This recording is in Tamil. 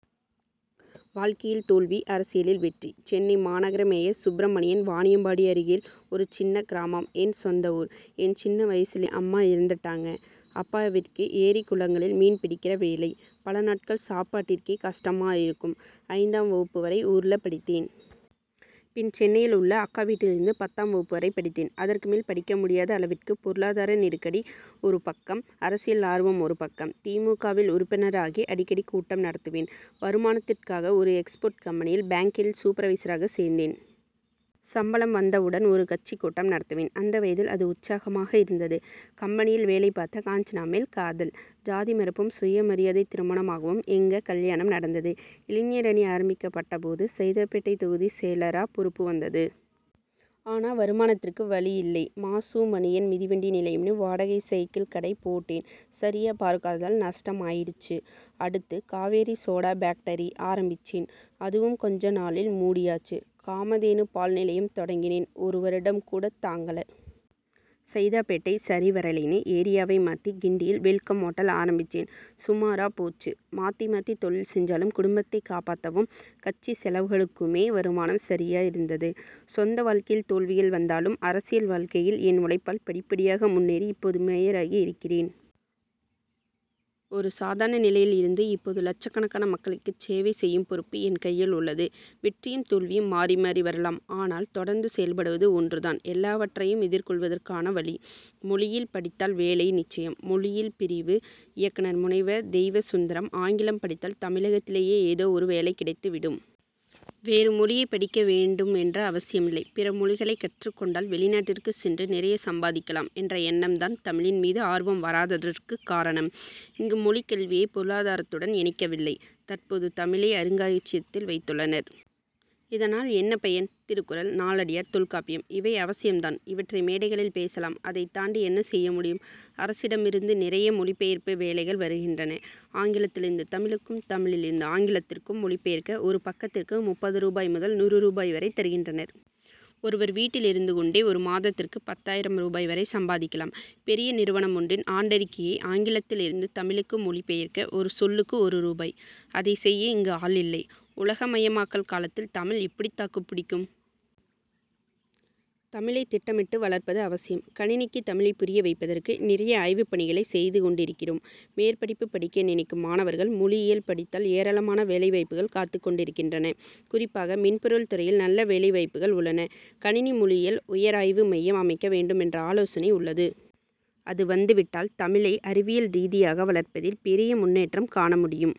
வாழ்க்கையில் தோல்வி அரசியலில் வெற்றி! சென்னை மாநகர மேயர் சுப்ரமணியன் வாணியம்பாடி அருகில் ஒரு சின்னக் கிராமம் என் சொந்த ஊர். என் சின்ன வயசுலேயே அம்மா இறந்துட்டாங்க. அப்பாவிற்கு ஏரி குளங்களில் மீன் பிடிக்கிற வேலை. பல நாட்கள் சாப்பாட்டிற்கே கஷ்டமா இருக்கும். ஐந்தாம் வகுப்பு வரை ஊர்ல படித்தேன். பின் சென்னையில் உள்ள அக்கா வீட்டில் இருந்து பத்தாம் வகுப்பு வரை படித்தேன். அதற்கு மேல் படிக்க முடியாத அளவிற்கு பொருளாதார நெருக்கடி ஒரு பக்கம் அரசியல் ஆர்வம் ஒரு பக்கம். தி. மு. க.வில் உறுப்பினராகி அடிக்கடி கூட்டம் நடத்துவேன். வருமானத்திற்காக ஒரு எக்ஸ்போர்ட் கம்பெனியில் பேக்கிங் சூப்பர்வைசரா சேர்ந்தேன். சம்பளம் வந்த உடன் ஒரு கட்சிக் கூட்டம் நடத்துவேன். அந்த வயதில் அது உற்சாகமா இருந்தது. கம்பெனியில் வேலை பார்த்த காஞ்சனா மேல் காதல். ஜாதி மறுப்பும் சுய மரியாதை திருமணமாகவும் எங்க கல்யாணம் நடந்தது. இளைஞர் அணி ஆரம்பிக்கப்பட்டபோது சைதாப்பேட்டை தொகுதிச் செயலரா பொறுப்பு வந்தது. ஆனா வருமானத்திற்கு வழி இல்லை. மா. சு. மணியன் மிதிவண்டி நிலையம்ன்னு வாடகை சைக்கிள் கடை போட்டேன் சரியா பார்க்காததால நஷ்டம் ஆயிடுச்சு. அடுத்து காவேரி சோடா பேக்டரி ஆரம்பிச்சேன். அதுவும் கொஞ்ச நாளில் மூடியாச்சு. காமதேனு பால் நிலையம் தொடங் கினேன் ஒரு வருடம் கூடத் தாங்கல. சைதாப்பேட்டை சரிவரலைன்னு ஏரியாவை மாத்தி கிண்டியில் வெல்கம் ஓட்டல் ஆரம்பிச்சேன் சுமாராப் போச்சு. மாத்தி மாத்தி தொழில் செஞ்சாலும் குடும்பத்தைக் காப்பாத்தவும் கட்சி செலவுகளுக்குமே வருமானம் சரியா இருந்தது. சொந்த வாழ்க்கையில் தோல்விகள் வந்தாலும் அரசியல் வாழ்க்கையில் என் உழைப்பால் படிப்படியாக முன்னேறி இப்போது மேயராகி இருக்கிறேன். ஒரு சாதாரண நிலையில் இருந்து இப்போது லட்சக்கணக்கான மக்களுக்குச் சேவை செய்யும் பொறுப்பு என் கையில் உள்ளது. வெற்றியும் தோல்வியும் மாறி மாறி வரலாம். ஆனால் தொடர்ந்து செயல்படுவது ஒன்று தான் எல்லாவற்றையும் எதிர்கொள்வதற்கான வழி. மொழியியல் படித்தால் வேலை நிச்சயம்' மொழியியல் பிரிவு இயக்குனர் முனைவர் தெய்வசுந்தரம் ஆங்கிலம் படித்தால் தமிழகத்திலேயே ஏதோ ஒரு வேலை கிடைத்து விடும். வேறு மொழி யை படிக்க வேண்டும் என்ற அவசியம் இல்லை. பிற மொழிகளைக் கற்றுக் கொண்டால் வெளிநாட்டிற்குச் சென்று நிறைய சம்பாதிக்கலாம் என்ற எண்ணம் தான் தமிழின் மீது ஆர்வம் வராததற்கு காரணம். இங்கு மொழிக் கல்வியை பொருளாதாரத்துடன் இணைக்கவில்லை. தற்போது தமிழை அருங்காட்சியகத்தில் வைத்துள்ளனர். இதனால் என்ன பயன்? திருக்குறள் நாலடியார் தொல்காப்பியம் இவை அவசியம் தான். இவற்றை மேடைகளில் பேசலாம் அதைத் தாண்டி என்ன செய்ய முடியும். அரசிடம் இருந்து நிறைய மொழி பெயர்ப்பு வேலைகள் வருகின்றன. ஆங்கிலத்தில் இருந்து தமிழுக்கும் தமிழில் இருந்து ஆங்கிலத்திற்கும் மொழிபெயர்க்க ஒரு பக்கத்திற்கு முப்பது ரூபாய் முதல் நூறு ரூபாய் வரை தருகின்றனர். ஒருவர் வீட்டில் இருந்து கொண்டே ஒரு மாதத்திற்கு பத்தாயிரம் ரூபாய் வரை சம்பாதிக்கலாம். பெரிய நிறுவனம் ஒன்றின் ஆண்டறிக்கையை ஆங்கிலத்தில் இருந்து தமிழுக்கு மொழி பெயர்க்க ஒரு சொல்லுக்கு ஒரு ரூபாய். அதை செய்ய இங்கு ஆள் இல்லை. உலகமயமாக்கல் காலத்தில் தமிழ் எப்படி தாக்குப் பிடிக்கும்? தமிழை திட்டமிட்டு வளர்ப்பது அவசியம். கணினிக்கு தமிழைப் புரிய வைப்பதற்கு நிறைய ஆய்வுப் பணிகளைச் செய்து கொண்டிருக்கிறோம். மேற்படிப்பு படிக்க நினைக்கும் மாணவர்கள் மொழியியல் படித்தால் ஏராளமான வேலைவாய்ப்புகள் காத்துக் கொண்டிருக்கின்றன. குறிப்பாக மென்பொருள் துறையில் நல்ல வேலைவாய்ப்புகள் உள்ளன. கணினி மொழியியல் உயராய்வு மையம் அமைக்க வேண்டும் என்ற ஆலோசனை உள் ளது. அது வந்துவிட்டால் தமிழை அறிவியல் ரீதியாக வளர்ப்பதில் பெரிய முன்னேற்றம் காண முடியும்.